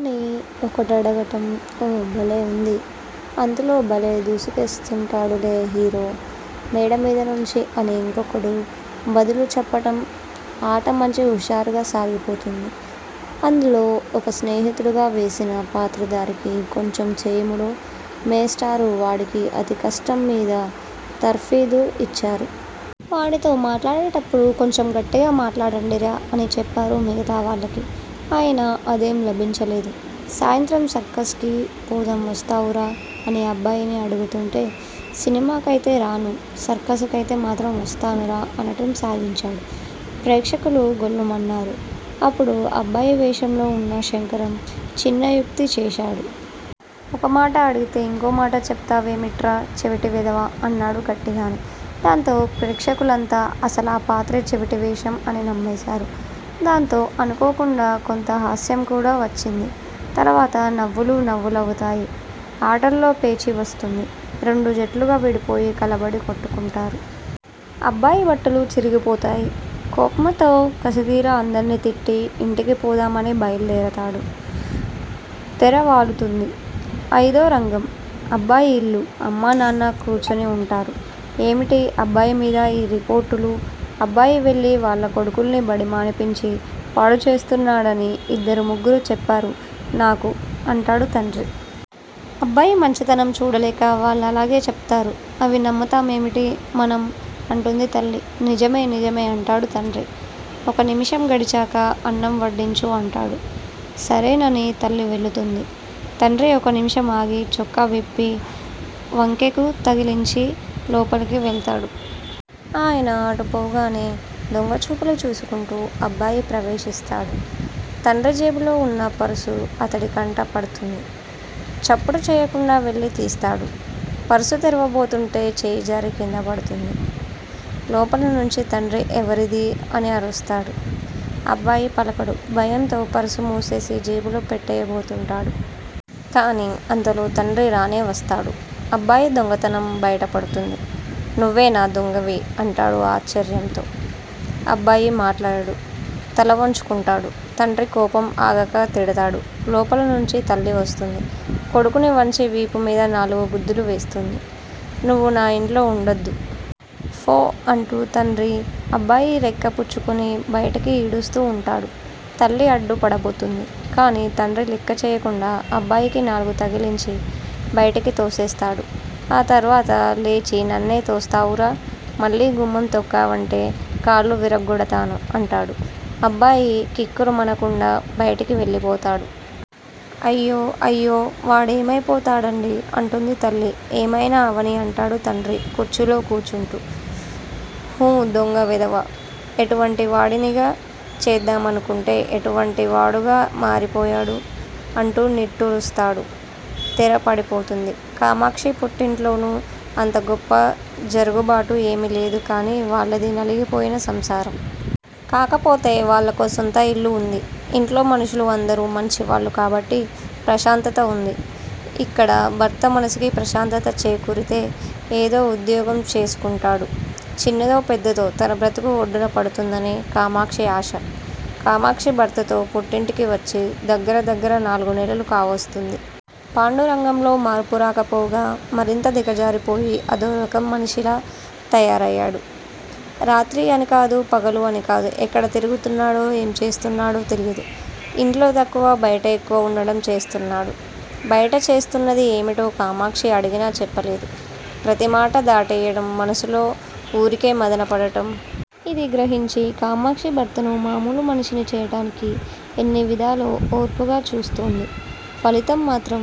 అని ఒకడడగటం ఓ బలేవుంది. అందులో బలే దూకేస్తుంటాడులే హీరో, మేడ మీద నుంచి అని యింకొకడు బదులు చెప్పటం ఆట మంచి హుషారుగా సాగిపోతుంది. అందులో ఒక స్నేహితుడుగా వేసిన పాత్రదారికి కొంచెం చెముడు మేస్టారు వాడికి అతి కష్టం మీద తర్ఫీదు ఇచ్చారు. వాడితో మాట్లాడేప్పుడు కొంచెం గట్టిగా మాట్లాడండిరా అని చెప్పారు మిగతావాళ్ళకి. అయినా అదేం లాభించలేదు. సాయంత్రం సర్కసుకి పోదాం వస్తావురా అని అబ్బాయిని అడుగుతుంటే, సినిమాకయితే రాను. సర్కసుకైతే మాత్రం వస్తానురా అనటం సాగించాడు. ప్రేక్షకులు గొల్లుమన్నారు. ఇప్పుడు అబ్బాయి వేషంలో వున్న శంకరం చిన్న యుక్తి చేశాడు. ఒక మాట అడిగితే యింకో మాట చెప్తావేమిట్రా చెవిటి వెధవా? అన్నాడు గట్టిగానే. దాంతో ప్రేక్షకులంతా అసలాపాత్రే చెవిటి వేషం అని నమ్మేశారు. దాంతో అనుకోకుండా కొంత హాస్యం కూడా వచ్చింది. తరవాత నవ్వులు నవ్వులవుతాయి. ఆటల్లో పేచీ వస్తుంది. రెండు జట్లుగా విడిపోయి కలబడి కొట్టుకుంటారు. అబ్బాయి బట్టలు చిరిగిపోతాయి. కోప్మతో కసితీరా అందర్నీ తిట్టి ఇంటికి పోదామని బయల్దేరతాడు. తెర వాలుతుంది. అయిదో రంగం: అబ్బాయి ఇల్లు. అమ్మా, నాన్న కూచుని వుంటారు. ఏమిటి అబ్బాయిమీద యీ రిపోర్టులు? అబ్బాయి వెళ్ళి వాళ్ళ కొడుకుల్ని బడి మానిపించి పాడు చేస్తున్నాడని యిద్దరు ముగ్గురు చెప్పారు నాకు అంటాడు తండ్రి. అబ్బాయి మంచితనం చూడలేక వాళ్ళలాగే చెప్తారు. అవి నమ్ముతామేమిటి మనం? అంటుంది తల్లి. నిజమే, నిజమే అంటాడు తండ్రి. ఒక నిముషం గడిచాక అన్నం వడ్డించు అంటాడు. సరేనని తల్లి వెళుతుంది. తండ్రి ఒక నిముషం ఆగి చొక్కా విప్పి వంకెకు తగిలించి లోపలికి వెళ్తాడు. ఆయన అటు పోగానే దొంగ చూపులు చూసుకుంటూ అబ్బాయి ప్రవేశిస్తాడు. తండ్రి జేబులో వున్న పర్సు అతడి కంట పడుతుంది. చప్పుడు చెయ్యకుండా వెళ్ళి తీస్తాడు. పర్సు తెరవబోతుంటే చెయ్యిజారి క్రిందపడుతుంది లోపల నుంచి తండ్రి ఎవరిదీ? అని అరుస్తాడు. అబ్బాయి పలకడు. భయంతో పర్సు మూసేసి జేబులో పెట్టెయ్యబోతూంటాడు. కాని అంతలో తండ్రి రానే వస్తాడు. అబ్బాయి దొంగతనం బయట పడుతుంది. నువ్వేనా దొంగవీ? అంటాడు ఆశ్చర్యంతో అబ్బాయి మాట్లాడడు. తలవంచుకుంటాడు. తండ్రి కోపం ఆగక తిడతాడు. లోపల నుంచి తల్లి వస్తుంది. కొడుకుని వంచి వీపు మీద నాలుగు గుద్దులు వేస్తుంది. నువ్వు నా యింట్లో వుండొద్దు. ఫో అంటూ తండ్రి అబ్బాయి రెక్కపుచ్చుకుని బయటికి యీడుస్తూ వుంటాడు. తల్లి అడ్డు పడబోతుంది. కాని తండ్రి లెక్క చెయ్యకుండా అబ్బాయికి నాలుగు తగిలించి బయటికి తోసేస్తాడు. ఆ తర్వాత లేచి నన్నే తోస్తావురా, మళ్ళీ గుమ్మం తొక్కావంటే కాళ్ళు విరగ్గొడతాను అంటాడు. అబ్బాయి కిక్కురుమనకుండా బయటికి వెళ్ళిపోతాడు. అయ్యో, అయ్యో వాడేమయిపోతాడండీ! అంటుంది తల్లి ఏమైనా అవనీ అంటాడు తండ్రి కుర్చీలో కూచుంటూ. హు దొంగ వెధవ! ఎటువంటి వాడినిగా చేద్దామనుకుంటే ఎటువంటి వాడుగా మారిపోయాడు! అంటూ నిట్టూరుస్తాడు. తెర పడిపోతుంది. కామాక్షి పుట్టింట్లోనూ అంతగొప్ప జరుగుబాటు ఏమీ లేదు కానీ వాళ్ళది నలిగిపోయిన సంసారం. కాకపోతే, వాళ్లకో సొంత ఇల్లు వుంది. ఇంట్లో మనుషులు అందరూ మంచివాళ్లు కాబట్టి ప్రశాంతత వుంది. ఇక్కడ, భర్త మనస్సుకి ప్రశాంతత చేకూరితే, ఏదో వుద్యోగం చూసుకుంటాడు. చిన్నదో పెద్దదో తన బ్రతుకు ఒడ్డున పడుతుందని, కామాక్షి ఆశ. కామాక్షి భర్తతో పుట్టింటికి వచ్చి, దగ్గర దగ్గర నాలుగు నెలలు కావస్తుంది! పాండురంగలో మార్పురాక పోగా, మరింత దిగజారిపోయి అదొక రకం మనిషిలా తయారయ్యాడు. రాత్రి అని కాదు పగలు అని కాదు ఎక్కడ తిరుగుతున్నాడో, ఏం చేస్తున్నాడో తెలియదు. ఇంట్లో తక్కువ, బయట ఎక్కువ వుండడం చేస్తున్నాడు. బయట చేస్తున్నది ఏమిటో కామాక్షి అడిగిన చెప్పలేదు. ప్రతి మాటా దాటేయటం, మనస్సులో వూరికే మధన పడటం. ఇది గ్రహించి, కామాక్షి భర్తను మామూలు మనిషిని చెయ్యడానికి ఎన్ని విధాలో ఓర్పుగా చూస్తుంది. ఫలితం మాత్రం